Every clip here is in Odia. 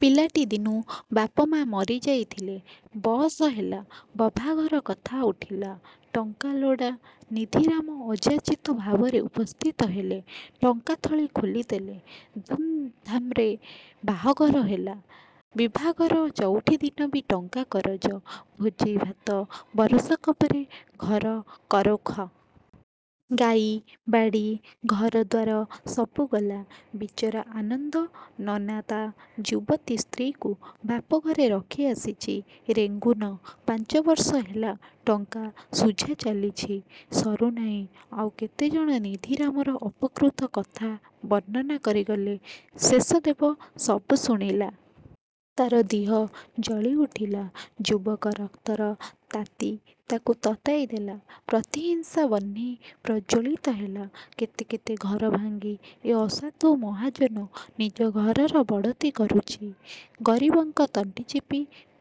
ପିଲାଟି ଦିନୁ ବାପ ମା' ମରି ଯାଇଥିଲେ। ବଅସ ହେଲା, ବଭାଘର କଥା ଉଠିଲା। ଟଙ୍କା ଲୋଡ଼ା। ନିଧିରାମ ଅଯାଚିତ ଭାବରେ ଉପସ୍ଥିତ ହେଲେ-। ଟଙ୍କା ଥଳି ଖୋଲିଦେଲେ। ଧୁମ୍ଧାମରେ ବାହାଘର ହେଲା। ବିଭାଘର ଚଉଠି ଦିନ ବି ଟଙ୍କା କରଜ। ଭୋଜି ଭାତ। ବରଷକ ପରେ ଘର କରୋଖ। ଗାଈ, ବାଡ଼ି, ଘର ଦ୍ୱାର ସବୁ ଗଲା-। ବିଚରା ଆନନ୍ଦ ନନା ତା ଯୁବତୀ ସ୍ତ୍ରୀକୁ ବାପ ଘରେ ରଖି ଆସିଚି ରେଙ୍ଗୁନ। ପାଞ୍ଚବର୍ଷ ହେଲା ଟଙ୍କା ଶୁଝା ଚାଲିଚି। ସରୁ ନାହିଁ। ଆଉ କେତେଜଣ ନିଧିରାମର ଅପକୃତ କଥା ବର୍ଣ୍ଣନା କରିଗଲେ। ଶେଷଦେବ ସବୁ ଶୁଣିଲା। ତାର ଦିହ ଜଳିଉଠିଲା। ଯୁବକ ରକ୍ତର ତାତି ତାକୁ ତତାଇ ଦେଲା। ପ୍ରତିହିଂସାବହ୍ନି ପ୍ରଜ୍ୱଳିତ ହେଲା। କେତେ କେତେ ଘର ଭାଙ୍ଗି ଏ ଅସାଧୁ ମହାଜନ ନିଜ ଘରର ବଡ଼ତି କରୁଚି। ଗରିବଙ୍କ ତଣ୍ଟି ଚିପି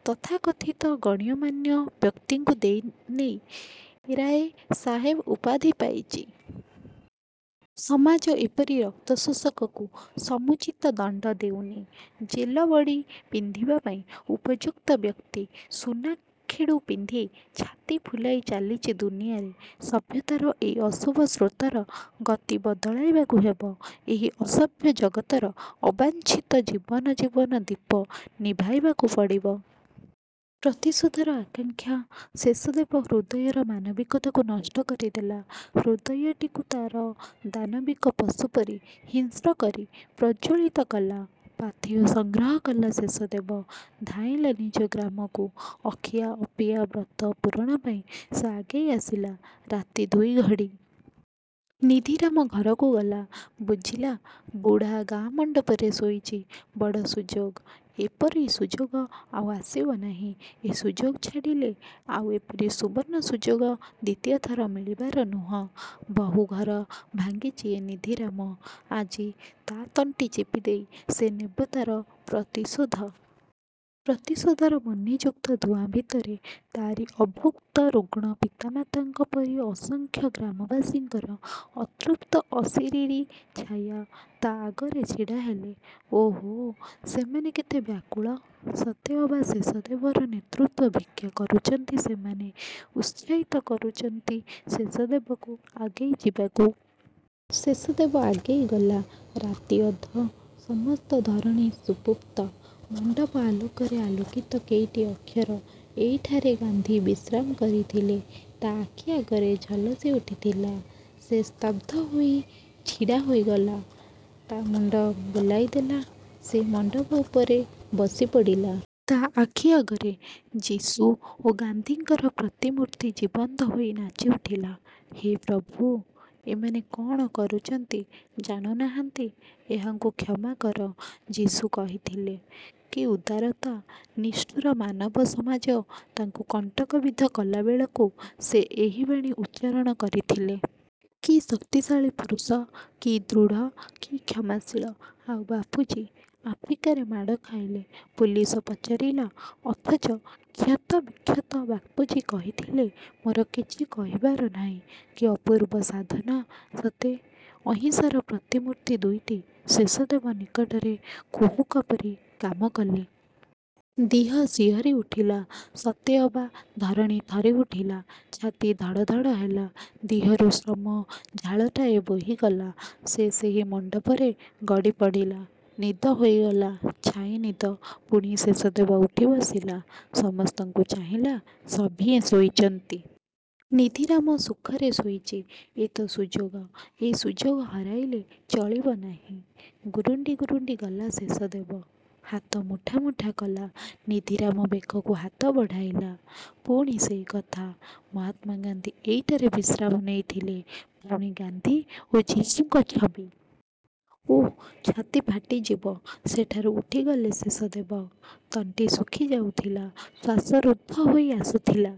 ତଥାକଥିତ ଗଣ୍ୟମାନ୍ୟ ବ୍ୟକ୍ତିଙ୍କୁ ଦେଇ ନେଇ ରାଏ ସାହେବ ଉପାଧି ପାଇଚି-। ସମାଜ ଏପରି ରକ୍ତଶୋଷକକୁ ସମୁଚିତ ଦଣ୍ତ ଦେଉନି। ଜେଲ ବେଡ଼ି ପିନ୍ଧିବା ପାଇଁ ଉପଯୁକ୍ତ ବ୍ୟକ୍ତି ସୁନା ଖେଡ଼ୁ ପିନ୍ଧି ଛାତି ଫୁଲାଇ ଚାଲିଚି ଦୁନିଆରେ। ସଭ୍ୟତାର ଏହି ଅଶୁଭ ସ୍ରୋତର ଗତି ବଦଳାଇବାକୁ ହେବ। ଏହି ଅସଭ୍ୟ ଜଗତର ଅବାଞ୍ଛିତ ଜୀବନ ଜୀବନ ଦୀପ ନିଭାଇବାକୁ ପଡ଼ିବ-। ପ୍ରତିଶୋଧର ଆକାଙ୍କ୍ଷା ଶେଷଦେବ ହୃଦୟର ମାନବିକତାକୁ ନଷ୍ଟ କରିଦେଲା। ହୃଦୟଟିକୁ ତାର ଦାନବିକ ପଶୁ ପରି ହିଂସ୍ର କରି ପ୍ରଜ୍ୱଳିତ କଲା। ପାଥେୟ ସଂଗ୍ରହ କଲା ଶେଷଦେବ। ଧାଇଁଲା ନିଜ ଗ୍ରାମକୁ। ଅଖିଆ ଅପିଆ ବ୍ରତ ପୂରଣ ପାଇଁ ସେ ଆଗେଇ ଆସିଲା। ରାତି ଦୁଇଘଡ଼ି। ନିଧିରାମ ଘରକୁ ଗଲା। ବୁଝିଲା, ବୁଢ଼ା ଗାଁ ମଣ୍ତପରେ ଶୋଇଚି। ବଡ଼ ସୁଯୋଗ-। ଏପରି ସୁଯୋଗ ଆଉ ଆସିବ ନାହିଁ। ଏ ସୁଯୋଗ ଛାଡ଼ିଲେ ଆଉ ଏପରି ସୁବର୍ଣ୍ଣ ସୁଯୋଗ ଦ୍ୱିତୀୟଥର ମିଳିବାର ନୁହଁ। ବହୁ ଘର ଭାଙ୍ଗିଚି ଏ ନିଧିରାମ। ଆଜି ତା ତଣ୍ଟି ଚିପି ଦେଇ ସେ ନେବ ତାର ପ୍ରତିଶୋଧ। ପ୍ରତିଶୋଧର ବହ୍ନିଯୁକ୍ତ ଧୂଆଁ ଭିତରେ ତାରି ଅଭୁକ୍ତ ରୁଗ୍ଣ ପିତା ମାତାଙ୍କ ପରି ଅସଂଖ୍ୟ ଗ୍ରାମବାସୀଙ୍କର ଅତୃପ୍ତ ଅଶରୀରୀ ଛାୟା ତା ଆଗରେ ଛିଡ଼ାହେଲେ। ଓହୋ, ସେମାନେ କେତେ ବ୍ୟାକୁଳ। ସତେ ଅବା ଶେଷଦେବର ନେତୃତ୍ୱ ଭିକ୍ଷା କରୁଚନ୍ତି ସେମାନେ। ଉତ୍ସାହିତ କରୁଚନ୍ତି ଶେଷଦେବକୁ ଆଗେଇ ଯିବାକୁ। ଶେଷଦେବ ଆଗେଇ ଗଲା। ରାତି ଅଧ, ସମସ୍ତ ଧରଣୀ ସୁପୁପ୍ତ। ମଣ୍ତପ ଆଲୋକରେ ଆଲୋକିତ କେଇଟି ଅକ୍ଷର—'ଏଇଠାରେ ଗାନ୍ଧି ବିଶ୍ରାମ କରିଥିଲେ' ତା ଆଖି ଆଗରେ ଝଲସି ଉଠିଥିଲା। ସେ ସ୍ତବ୍ଧ ହୋଇ ଛିଡ଼ା ହୋଇଗଲା। ତା ମୁଣ୍ତ ବୁଲାଇ ଦେଲା, ସେ ମଣ୍ତପ ଉପରେ ବସି ପଡ଼ିଲା। ତା ଆଖି ଆଗରେ 'ଯୀଶୁ' ଓ 'ଗାନ୍ଧୀ'ଙ୍କର ପ୍ରତିମୂର୍ତ୍ତି ଜୀବନ୍ତ ହୋଇ ନାଚିଉଠିଲା। 'ହେ ପ୍ରଭୁ! ଏମାନେ କ'ଣ କରୁଚନ୍ତି ଜାଣୁ ନାହାନ୍ତି; ଏହାଙ୍କୁ କ୍ଷମା କର'—ଯୀଶୁ କହିଥିଲେ। କି ଉଦାରତା! ନିଷ୍ଠୁର ମାନବସମାଜ ତାଙ୍କୁ କଣ୍ଟକବିଦ୍ଧ କଲାବେଳକୁ ସେ ଏହି ବାଣୀ ଉଚ୍ଚାରଣ କରିଥିଲେ। କି ଶକ୍ତିଶାଳୀ ପୁରୁଷ, କି ଦୃଢ଼, କି କ୍ଷମାଶୀଳ। ଆଉ ବାପୁଜୀ! ଆଫ୍ରିକାରେ ମାଡ଼ ଖାଇଲେ। ପୁଲିସ ପଚାରିଲା ଅଥଚ କ୍ଷତ ବିକ୍ଷତ ବାପୁଜୀ କହିଥିଲେ—ମୋର କିଛି କହିବାର ନାହିଁ। କି ଅପୂର୍ବ ସାଧନା ସତେ! ଅହିଂସାର ପ୍ରତିମୂର୍ତ୍ତି ଦୁଇଟି ଶେଷଦେବ ନିକଟରେ କୁହୁକ ପରି କାମ କଲେ। ଦିହ ଶିହରୀ ଉଠିଲା। ସତେ ଅବା ଧରଣୀ ଥରି ଉଠିଲା। ଛାତି ଧଡ଼ ଧଡ଼ ହେଲା। ଦିହରୁ ଶ୍ରମ ଝାଳଟାଏ ବୋହିଗଲା। ସେ ସେହି ମଣ୍ତପରେ ଗଡ଼ି ପଡ଼ିଲା-। ନିଦ ହୋଇଗଲା। ଛାଇ ନିଦ। ପୁଣି ଶେଷଦେବ ଉଠି ବସିଲା। ସମସ୍ତଙ୍କୁ ଚାହିଁଲା। ସଭିଏଁ ଶୋଇଚନ୍ତି। ନିଧିରାମ ସୁଖରେ ଶୋଇଚି। ଏ ତ ସୁଯୋଗ। ଏ ସୁଯୋଗ ହରାଇଲେ ଚଳିବ ନାହିଁ। ଗୁରୁଣ୍ତି ଗୁରୁଣ୍ତି ଗଲା ଶେଷଦେବ, ହାତମୁଠା ମୁଠା କଲା। ନିଧିରାମ ବେକକୁ ହାତ ବଢ଼ାଇଲା। ପୁଣି ସେଇ କଥା–'ମହାତ୍ମାଗାନ୍ଧି ଏଇଠାରେ ବିଶ୍ରାମ ନେଇଥିଲେ। ' ପୁଣି ଗାନ୍ଧୀ ଓ ଯୀଶୁଙ୍କ ଛବି। ଓଃ ଛାତି ଫାଟିଯିବ। ସେଠାରୁ ଉଠିଗଲେ ଶେଷଦେବ। ତଣ୍ଟି ଶୁଖି ଯାଉଥିଲା। ଶ୍ୱାସ ରୁଦ୍ଧ ହୋଇ ଆସୁଥିଲା।